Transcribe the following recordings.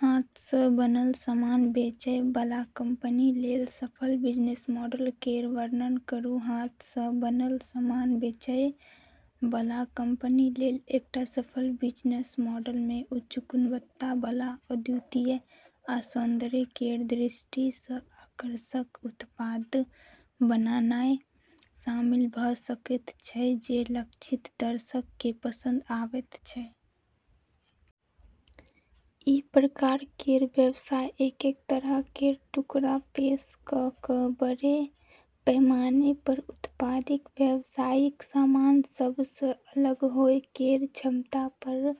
हाथ सँ बनल सामान बेचै बला कंपनी लेल सफल बिजनेस मॉडल केर वर्णन करू। हाथ सँ बनल सामान बेचै बला कंपनी लेल एकटा सफल बिजनेस मॉडल मे उच्च गुणवत्ता बला, अद्वितीय आ सौंदर्य केर दृष्टि सँ आकर्षक उत्पाद बनानाय शामिल भऽ सकैत छै जे लक्षित दर्शक केँ पसंद आबैत छै। ई प्रकार केर व्यवसाय एक-एक तरह केर टुकड़ा पेश कऽ कऽ बड़े पैमाने पर उत्पादित, व्यावसायिक सामान सभ सँ अलग होए केर क्षमता पर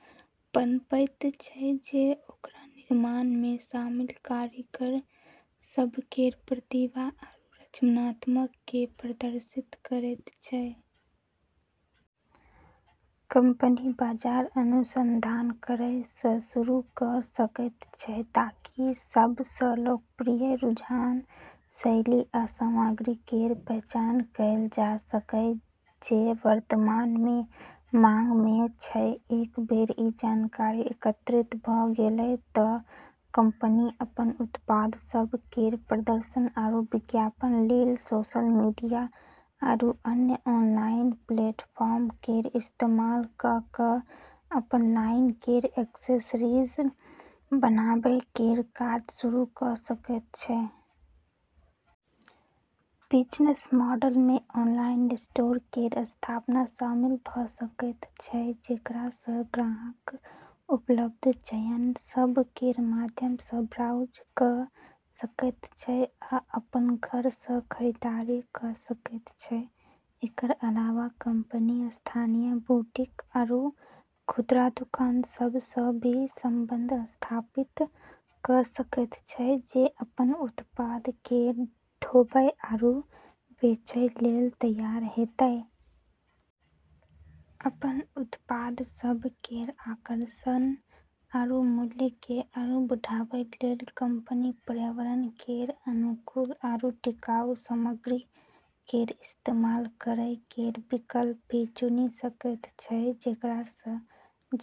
पनपैत छै जे ओकर निर्माण मे शामिल कारीगर सभ केर प्रतिभा आरू रचनात्मकता केँ प्रदर्शित करैत छै। कंपनी बाजार अनुसंधान करै सँ शुरू कऽ सकैत छै ताकि सब सँ लोकप्रिय रुझान, शैली आ सामग्री केर पहचान कएल जा सकै जे वर्तमान मे मांग मे छै। एक बेर ई जानकारी एकत्रित भऽ गेलै तँ कंपनी अपन उत्पाद सभ केर प्रदर्शन आरू विज्ञापन लेल सोशल मीडिया आरू अन्य ऑनलाइन प्लेटफॉर्म केर इस्तेमाल कऽ कऽ अपन लाइन केर एक्सेसरीज बनाबै केर काज शुरू कऽ सकैत छै। बिजनेस मॉडल मे ऑनलाइन स्टोर केर स्थापना शामिल भऽ सकैत छै, जेकरा सँ ग्राहक उपलब्ध चयन सभ केर माध्यम सँ ब्राउज कऽ सकैत छै आ अपन घर सँ खरीदारी कऽ सकैत छै। एकर अलावा कंपनी स्थानीय बुटीक आरू खुदरा दुकान सभ सँ भी संबंध स्थापित कऽ सकैत छै जे अपन उत्पाद केँ ढोबै आरू बेचै लेल तैयार हेतै। अपन उत्पाद सभ केर आकर्षण आरू मूल्य केँ आरू बढ़ाबै लेल कंपनी पर्यावरण केर अनुकूल आरू टिकाऊ सामग्री केर इस्तेमाल करै केर विकल्प भी चुनि सकैत छै, जेकरा सँ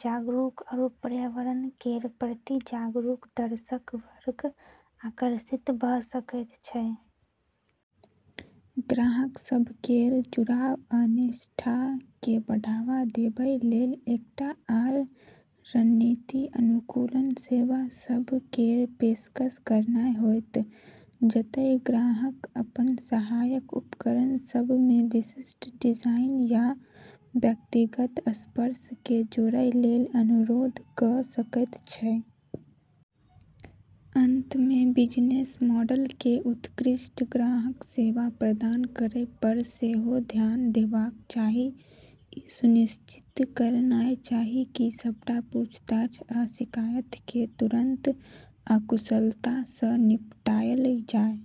जागरूक आरू पर्यावरण केर प्रति जागरूक दर्शक वर्ग आकर्षित भऽ सकैत छै। ग्राहक सभ केर जुड़ाव आ निष्ठा केँ बढ़ावा देबै लेल एकटा आर रणनीति अनुकूलन सेवा सभ केर पेशकश करनाय होएत, जतय ग्राहक अपन सहायक उपकरण सभ मे विशिष्ट डिजाइन या व्यक्तिगत स्पर्श केँ जोड़ै लेल अनुरोध कऽ सकैत छै। अंत मे, बिजनेस मॉडल केँ उत्कृष्ट ग्राहक सेवा प्रदान करै पर सेहो ध्यान देबाक चाही, ई सुनिश्चित करनाय चाही कि सबटा पूछताछ आ शिकायत केँ तुरंत आ कुशलता सँ निपटायल जाय।